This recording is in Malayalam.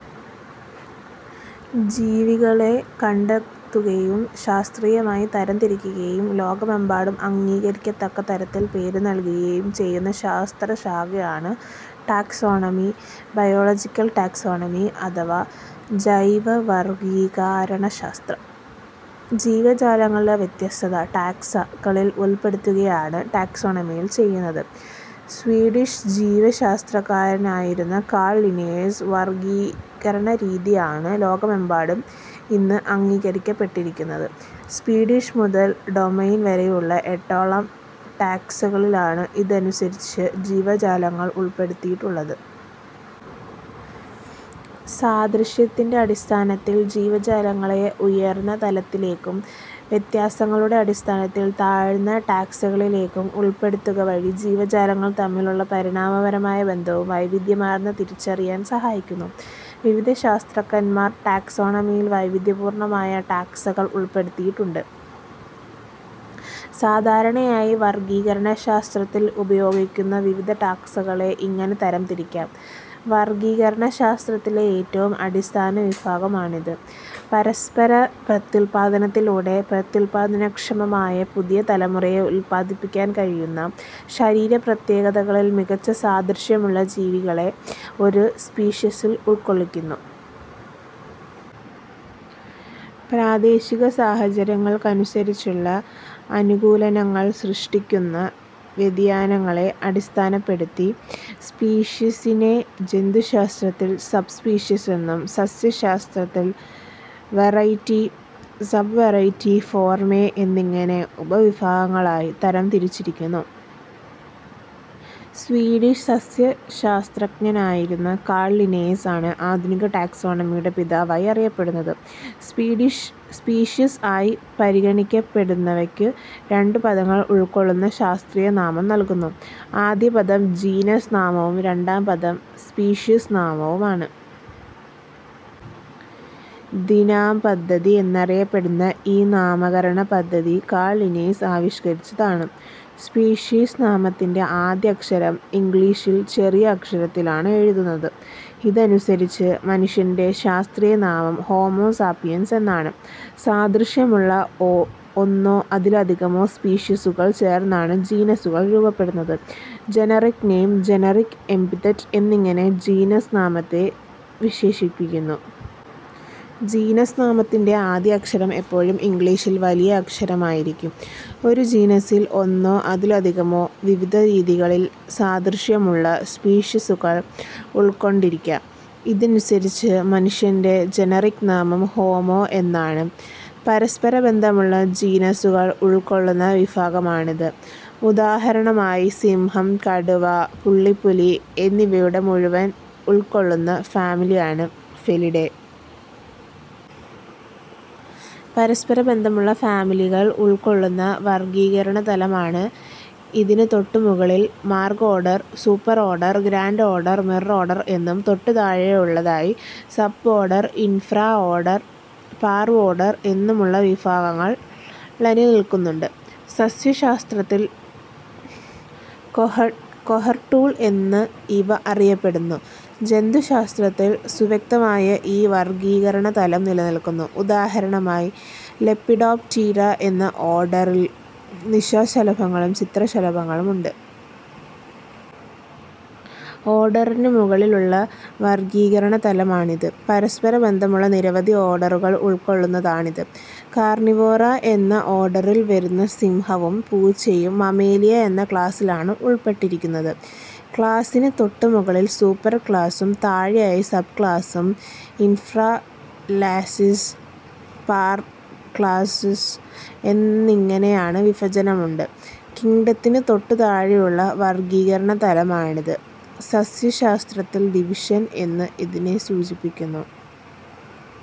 ജീവികളെ കണ്ടെത്തുകയും ശാസ്ത്രീയമായി തരംതിരിക്കുകയും ലോകമെമ്പാടും അംഗീകരിക്കത്തക്ക തരത്തിൽ പേരുനൽകുകയും ചെയ്യുന്ന ശാസ്ത്രശാഖയാണ് ടാക്സോണമി, ബയോളജിക്കൽ ടാക്സോണമി അഥവാ ജെവവർഗ്ഗീകരണശാസ്ത്രം. ജീവാലങ്ങളെ വ്യത്യസ്ത 'ടാക്സ' കളിൽ ഉൾപ്പെടുത്തുകയാണ് ടാക്സോണമിയിൽ ചെയ്യുന്നത്. സ്വീഡിഷ് ജീവശാസ്ത്രകാരനായിരുന്ന കാൾ ലിന്നേയസിന്റെ വർഗ്ഗീകരണരീതിയാണ് ലോകമെമ്പാടും ഇന്ന് അംഗീകരിക്കപ്പെട്ടിരിക്കുന്നത്. സ്പീഷീസ് മുതൽ ഡൊമെയ്ൻ വരെയുള്ള എട്ടോളം ടാക്സകളിലാണ് ഇതനുസരിച്ച് ജീവജാലങ്ങളെ ഉൾപെടുത്തുന്നത്. സാദൃശ്യത്തിന്റെ അടിസഥാനത്തിൽ ജീവജാലങ്ങളെ ഉയർന്ന തലത്തിലേയ്ക്കും വ്യത്യാസങ്ങളുടെ അടിസ്ഥാനത്തിൽ താഴ്ന്ന ടാക്സകളിലേയ്ക്കും ഉൾപ്പെടുത്തുകവഴി ജീവജാലങ്ങൾ തമ്മിലുള്ള പരിണാമപരമായ ബന്ധവും വൈവിധ്യവും തിരിച്ചറിയാൽ സഹായിക്കുന്നു. വിവിധ ശാസ്ത്രകാരൻമാർ ടാക്സോണമിയിൽ വൈവിധ്യപൂർണ്ണമായ ടാക്സകളെ ഉൾപ്പെടുത്തിയിട്ടുണ്ട്. സാധാരണയായി വർഗ്ഗീകരണശാസ്ത്രത്തിൽ ഉപയോഗിക്കുന്ന വിവിധടാക്സകളെ ഇങ്ങനെ തരംതിരിക്കാം. വർഗ്ഗീകരണശാസ്ത്രത്തിലെ ഏറ്റവും അടിസ്ഥാനവിഭാഗമാണിത്. പരസ്പര പ്രത്യുൽപ്പാദനത്തിലൂടെ പ്രത്യുൽപ്പാദനക്ഷമമായ പുതിയ തലമുറയെ ഉത്പാദിപ്പിക്കാൻ കഴിയുന്ന, ശരീരപ്രത്യേകതകളിൽ മികച്ച സാദൃശ്യമുള്ള ജീവികളെ ഒരു സ്പീഷീസിൽ ഉൾക്കൊള്ളിക്കുന്നു. പ്രാദേശികസാഹചര്യങ്ങൾക്കനുസരിച്ചുള്ള അനുകൂലനങ്ങൾ സൃഷ്ടിക്കുന്ന വ്യതിയാനങ്ങളെ അടിസ്ഥാനപ്പെടുത്തി സ്പീഷീസിനെ ജന്തുശാസ്ത്രത്തിൽ സബ് സ്പീഷീസെന്നും സസ്യശാസ്ത്രത്തിൽ വെറൈറ്റി, സബ്വെറൈറ്റി, ഫോർമേ എന്നിങ്ങനെ ഉപവിഭാഗങ്ങളായി തരംതിരിച്ചിരിക്കുന്നു. സ്വീഡിഷ് സസ്യശാസ്ത്രജ്ഞനായിരുന്ന കാൾ ലിനേയസ് ആണ് ആധുനിക ടാക്സോണമിയുടെ പിതാവായി അറിയപ്പെടുന്നത്. സ്പീഷീസ് ആയി പരിഗണിക്കപ്പെടുന്നവയ്ക്ക് രണ്ടുപദങ്ങൾ ഉൾക്കൊള്ളുന്ന ശാസ്ത്രീയനാമം നൽകുന്നു. ആദ്യപദം ജീനസ് നാമവും രണ്ടാം പദം സ്പീഷീഷ് നാമവുമാണ്. ദ്വിനാമപദ്ധതി എന്നറിയപ്പടുന്ന ഈ നാമകരണപദ്ധതി കാൾ ലിനേയസ് ആവിഷ്കരിച്ചതാണ്. സ്പീഷീസ് നാമത്തിന്റെ ആദ്യക്ഷരം ഇംഗ്ലീഷ് ചെറിയ അക്ഷരത്തിലാണെഴുതുന്നത്. ഇതനുസരിച്ച് മനുഷ്യന്റെ ശാസ്ത്രീയനാമം ഹോമോ സാപിയൻസ് എന്നാണ്. സാദൃശ്യമുള്ള ഒന്നോ അതിലധികമോ സ്പീഷീസുകൾ ചേർന്നാണ് ജീനസ്സുകൾ രൂപ്പെടുന്നത്. ജനേറിക് നെയിം, ജനേറിക് എപ്പിതെറ്റ് എന്നിങ്ങനെ ജീനസ് നാമത്തെ വിവക്ഷിക്കുന്നു. ജീനസ് നാമത്തിന്റെ ആദ്യ അക്ഷരം എപ്പോഴും ഇംഗ്ളീഷ് വലിയ അക്ഷരമായിരിക്കും. ഒരു ജീനസ്സിൽ ഒന്നോ അതിലധികമോ വിവിധരീതികളിൽ സാദൃശ്യമുള്ള സ്പീഷീസുകൾ ഉൾക്കൊണ്ടിരിക്കാം. ഇതനുസരിച്ച് മനുഷ്യന്റെ ജനേറിക് നാമം ഹോമോ എന്നാണ്. പരസ്പരബന്ധമുള്ള ജീനസ്സുകൾ ഉൾക്കൊള്ളുന്ന വിഭാഗമാണിത്. ഉദാഹരണമായി സിംഹം, കടുവ, പുള്ളിപ്പുലി എന്നിവയെ മുഴുവൻ ഉൾക്കൊള്ളുന്ന ഫാമിലിയാണ് ഫെലിഡേ. പരസ്പരബന്ധമുള്ള ഫാമിലികൾ ഉൾക്കൊള്ളുന്ന വർഗ്ഗീകരണതലമാണിത്. ഇതിനുതൊട്ടുമുകളിൽ magnorder, superorder, grandorder, mirorder എന്നും തൊട്ടുതാഴെയായി സബ്ഓർഡർ, ഇൻഫ്രാഓർഡർ, പാർവോർഡർ എന്നുമുള്ള വിഭാഗങ്ങൾ ലനിൽക്കുന്നുണ്ട്. സസ്യശാസ്ത്രത്തിൽ കൊഹോർട്ടുൾ എന്ന് ഇവ അറിയപ്പെട്ടിരുന്നു. ജന്തുശാസ്ത്രത്തിൽ സുവ്യക്തമായി ഈ വർഗ്ഗീകരണതലം നിലനിൽക്കുന്നു. ഉദാഹരണമായി ലെപ്പിഡോപ്റ്റീറ എന്ന ഓർഡറിൽ നിശാശലഭങ്ങളും ചിത്രശലഭങ്ങളും ഉണ്ട്. ഓർഡറിനും മുകളിലുള്ള വർഗ്ഗീകരണതലമാണിത്. പരസ്പരബന്ധമുള്ള നിരവധി ഓർഡറുകൾ ഉൾക്കൊള്ളുന്നതാണിത്. കാർണിവോറ എന്ന ഓർഡറിൽ വരുന്ന സിംഹവും പൂച്ചയും മമേലിയ എന്ന ക്ലാസ്സിലാണ് ഉൾപ്പെട്ടിരിക്കുന്നത്. ക്ലാസ്സിന് തൊട്ടുമുകളിൽ സൂപ്പർക്ലാസ്സും താഴെയായി സബ്ക്ലാസ്സ്, ഇൻഫ്രാക്ലാസ്സ്, പാർവ് ക്ലാസ്സ് എന്നിങ്ങനെയും വിഭജനമുണ്ട്. കിംങ്ഡത്തിനു തൊട്ടുതാഴെയുള്ള വർഗ്ഗീകരണതലമാണിത്. സസ്യശാസ്ത്രത്തിൽ ഡിവിഷൻ എന്ന് ഇതിനെ സൂചിപ്പിക്കുന്നു.